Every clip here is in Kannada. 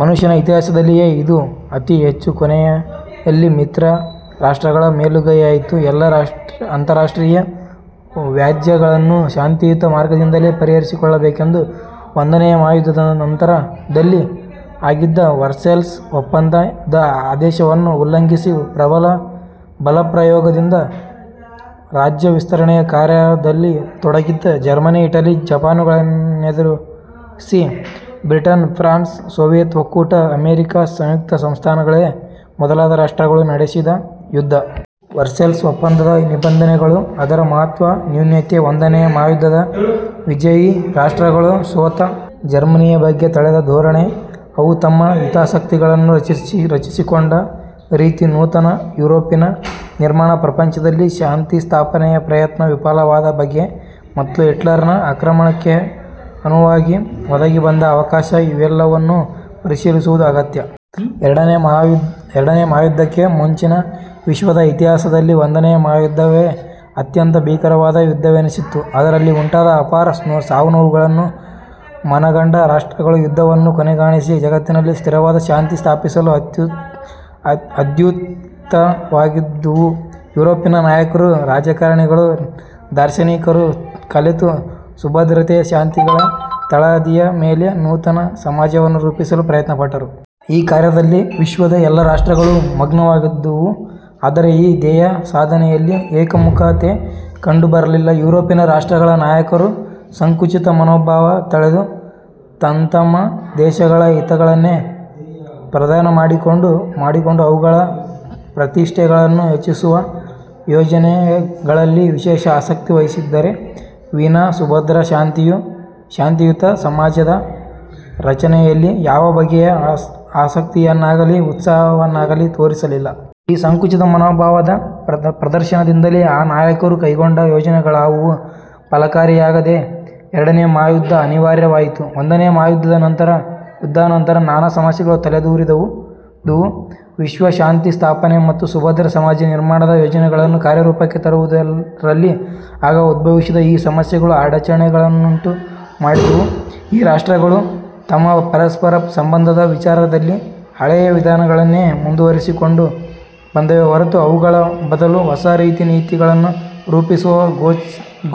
ಮನುಷ್ಯ ನ ಇತಿಹಾಸದಲ್ಲಿಯೇ ಇದು ಅತಿ ಹೆಚ್ಚು. ಕೊನೆಯಲ್ಲಿ ಮಿತ್ರ ರಾಷ್ಟ್ರಗಳ ಮೇಲುಗೈಯಾಯಿತು. ಎಲ್ಲ ಅಂತಾರಾಷ್ಟ್ರೀಯ ವ್ಯಾಜ್ಯಗಳನ್ನೂ ಶಾಂತಿಯುತ ಮಾರ್ಗದಿಂದಲೇ ಪರಿಹರಿಸಿಕೊಳ್ಳಬೇಕೆಂದು ಒಂದನೆಯ ಮಹಾಯುದ್ಧಾನಂತರದಲ್ಲಿ ಆಗಿದ್ದ ವರ್ಸೇಲ್ಸ್ ಒಪ್ಪಂದ ದ ಆಶಯವನ್ನು ಉಲ್ಲಂಘಿಸಿ ಬಲಪ್ರಯೋಗದಿಂದ ರಾಜ್ಯ ವಿಸ್ತರಣೆಯ ಕಾರ್ಯದಲ್ಲಿ ತೊಡಗಿದ್ದ ಜರ್ಮನಿ, ಇಟಲಿ, ಜಪಾನುಗಳನ್ನೆದುರಿಸಿ ಬ್ರಿಟನ್, ಫ್ರಾನ್ಸ್, ಸೋವಿಯತ್ ಒಕ್ಕೂಟ ಅಮೆರಿಕ ಸಂಯುಕ್ತ ಸಂಸ್ಥಾನಗಳೇ ಮೊದಲಾದ ರಾಷ್ಟ್ರಗಳು ನಡೆಸಿದ ಯುದ್ಧ. ವರ್ಸೇಲ್ಸ್ ಒಪ್ಪಂದದ ನಿಬಂಧನೆಗಳು, ಅದರ ಮಹತ್ತ್ವ, ನ್ಯೂನತೆ, ಒಂದನೆಯ ಮಹಾಯುದ್ಧದ ವಿಜಯೀ ರಾಷ್ಟ್ರಗಳು ಸೋತ ಜರ್ಮನಿಯ ಬಗ್ಗೆ ತಳೆದ ಧೋರಣೆ, ಅವು ತಮ್ಮ ಹಿತಾಸಕ್ತಿಗಳನ್ನು ರಕ್ಷಿಸಿ ಕೊಂಡ ರೀತಿ, ನೂತನ ಯುರೋಪಿನ ನಿರ್ಮಾಣ, ಪ್ರಪಂಚದಲ್ಲಿ ಶಾಂತಿಸ್ಥಾಪನೆಯ ಪ್ರಯತ್ನ ವಿಫಲವಾದ ಬಗೆ, ಮತ್ತು ಹಿಟ್ಲರನ ಆಕ್ರಮಣಕ್ಕೆ ಅನುವಾಗಿ ಒದಗಿಬಂದ ಅವಕಾಶ-ಇವೆಲ್ಲವನ್ನೂ ಪರಿಶೀಲಿಸುವುದು ಅಗತ್ಯ. ಎರಡನೆಯ ಮಹಾಯುದ್ಧಕ್ಕೆ ಮುಂಚಿನ ವಿಶ್ವದ ಇತಿಹಾಸದಲ್ಲಿ ಒಂದನೆಯ ಮಹಾಯುದ್ಧ ವೇ ಅತ್ಯಂತ ಭೀಕರವಾದ ಯುದ್ಧವೆನಿಸಿತ್ತು. ಅದರಲ್ಲಿ ಉಂಟಾದ ಅಪಾರ ಸಾವುನೋವುಗಳನ್ನು ಮನಗಂಡ ರಾಷ್ಟ್ರಗಳು ಯುದ್ಧವನ್ನು ಕೊನೆಗಾಣಿಸಿ, ಜಗತ್ತಿನಲ್ಲಿ ಸ್ಥಿರವಾದ ಶಾಂತಿ ಸ್ಥಾಪಿಸಲು ಉದ್ಯುಕ್ತವಾಗಿದ್ದುವು. ಯುರೋಪಿನ ನಾಯಕರೂ ರಾಜಕಾರಣಿಗಳೂ ದಾರ್ಶನಿಕರೂ ಕಲೆತು ಸುಭದ್ರತೆ ಶಾಂತಿಗಳ ತಳಹದಿಯ ಮೇಲೆ ನೂತನ ಸಮಾಜವನ್ನು ರೂಪಿಸಲು ಪ್ರಯತ್ನಪಟ್ಟರು. ಈ ಕಾರ್ಯದಲ್ಲಿ ವಿಶ್ವದ ಎಲ್ಲ ರಾಷ್ಟ್ರಗಳೂ ಮಗ್ನವಾಗಿದ್ದುವು. ಆದರೆ ಈ ಧ್ಯೇಯಸಾಧನೆಯಲ್ಲಿ ಏಕಮುಖತೆ ಕಂಡುಬರಲಿಲ್ಲ. ಯುರೋಪಿನ ರಾಷ್ಟ್ರಗಳ ನಾಯಕರು ಸಂಕುಚಿತ ಮನೋಭಾವ ತಳೆದು ತಂತಮ್ಮ ದೇಶಗಳ ಹಿತಗಳನ್ನೇ ಪ್ರಧಾನ ಮಾಡಿಕೊಂಡು ಅವುಗಳ ಪ್ರತಿಷ್ಠೆಗಳನ್ನು ಹೆಚ್ಚಿಸುವ ಯೋಜನೆಗಳಲ್ಲಿ ವಿಶೇಷ ಆಸಕ್ತಿ ವಹಿಸಿದ್ದರೇ ವಿನಾ ಸುಭದ್ರ ಶಾಂತಿಯುತ ಸಮಾಜದ ರಚನೆಯಲ್ಲಿ ಯಾವ ಬಗೆಯ ಆಸಕ್ತಿಯನ್ನಾಗಲಿ ಉತ್ಸಾಹವನ್ನಾಗಲಿ ತೋರಿಸಲಿಲ್ಲ. ಈ ಸಂಕುಚಿತ ಮನೋಭಾವದ ಪ್ರದರ್ಶನದಿಂದಲೇ ಆ ನಾಯಕರು ಕೈಗೊಂಡ ಯೋಜನೆಗಳಾವುವೂ ಫಲಕಾರಿಯಾಗದೆ ಎರಡನೆಯ ಮಹಾಯುದ್ಧ ಅನಿವಾರ್ಯವಾಯಿತು. ಒಂದನೆಯ ಮಹಾಯುದ್ಧಾನಂತರ ನಾನಾ ಸಮಸ್ಯೆಗಳು ತಲೆದೋರಿದುವು. ವಿಶ್ವಶಾಂತಿಸ್ಥಾಪನೆ ಮತ್ತು ಸುಭದ್ರ ಸಮಾಜ ನಿರ್ಮಾಣದ ಯೋಜನೆಗಳನ್ನು ಕಾರ್ಯರೂಪಕ್ಕೆ ತರುವುದರಲ್ಲಿ ಆಗ ಉದ್ಭವಿಸಿದ ಈ ಸಮಸ್ಯೆಗಳು ಅಡಚಣೆಯನ್ನುಂಟು ಮಾಡಿದವು. ಈ ರಾಷ್ಟ್ರಗಳು ತಮ್ಮ ಪರಸ್ಪರ ಸಂಬಂಧದ ವಿಚಾರದಲ್ಲಿ ಹಳೆಯ ವಿಧಾನಗಳನ್ನೇ ಮುಂದುವರಿಸಿಕೊಂಡು ಬಂದವೇ ಹೊರತು, ಅವುಗಳ ಬದಲು ಹೊಸ ರೀತಿ ನೀತಿಗಳನ್ನು ರೂಪಿಸುವ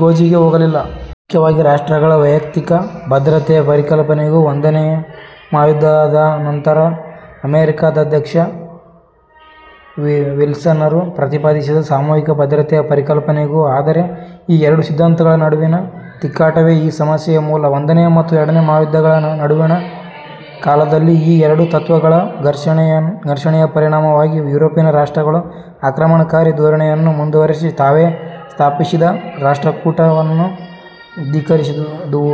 ಗೋಜಿಗೇ ಹೋಗಲಿಲ್ಲ. ಮುಖ್ಯವಾಗಿ ರಾಷ್ಟ್ರಗಳ ವೈಯಕ್ತಿಕ ಭದ್ರತೆಯ ಪರಿಕಲ್ಪನೆಗೂ, ಒಂದನೆಯ ಮಹಾಯುದ್ಧಾನಂತರ ಅಮೆರಿಕಾಧ್ಯಕ್ಷ ವಿಲ್ಸನರು ಪ್ರತಿಪಾದಿಸಿದ ಸಾಮೂಹಿಕ ಭದ್ರತೆಯ ಪರಿಕಲ್ಪನೆಗೂ ಅಂದರೆ ಈ ಎರಡು ಸಿದ್ಧಾಂತಗಳ ನಡುವಿನ ತಿಕ್ಕಾಟವೇ ಈ ಸಮಸ್ಯೆಯ ಮೂಲ. ಒಂದನೆಯ ಮತ್ತು ಎರಡನೆಯ ಮಹಾಯುದ್ಧಗಳ ನಡುವಣ ಕಾಲದಲ್ಲಿ ಈ ಎರಡು ತತ್ತ್ವಗಳ ಘರ್ಷಣೆಯ ಪರಿಣಾಮವಾಗಿ ಯುರೋಪಿನ ರಾಷ್ಟ್ರಗಳು ಆಕ್ರಮಣಕಾರಿ ಧೋರಣೆಯನ್ನು ಮುಂದುವರಿಸಿ ತಾವೇ ಸ್ಥಾಪಿಸಿದ ರಾಷ್ಟ್ರಕೂಟ ವನ್ನು ಧಿಕ್ಕರಿಸಿದುವು.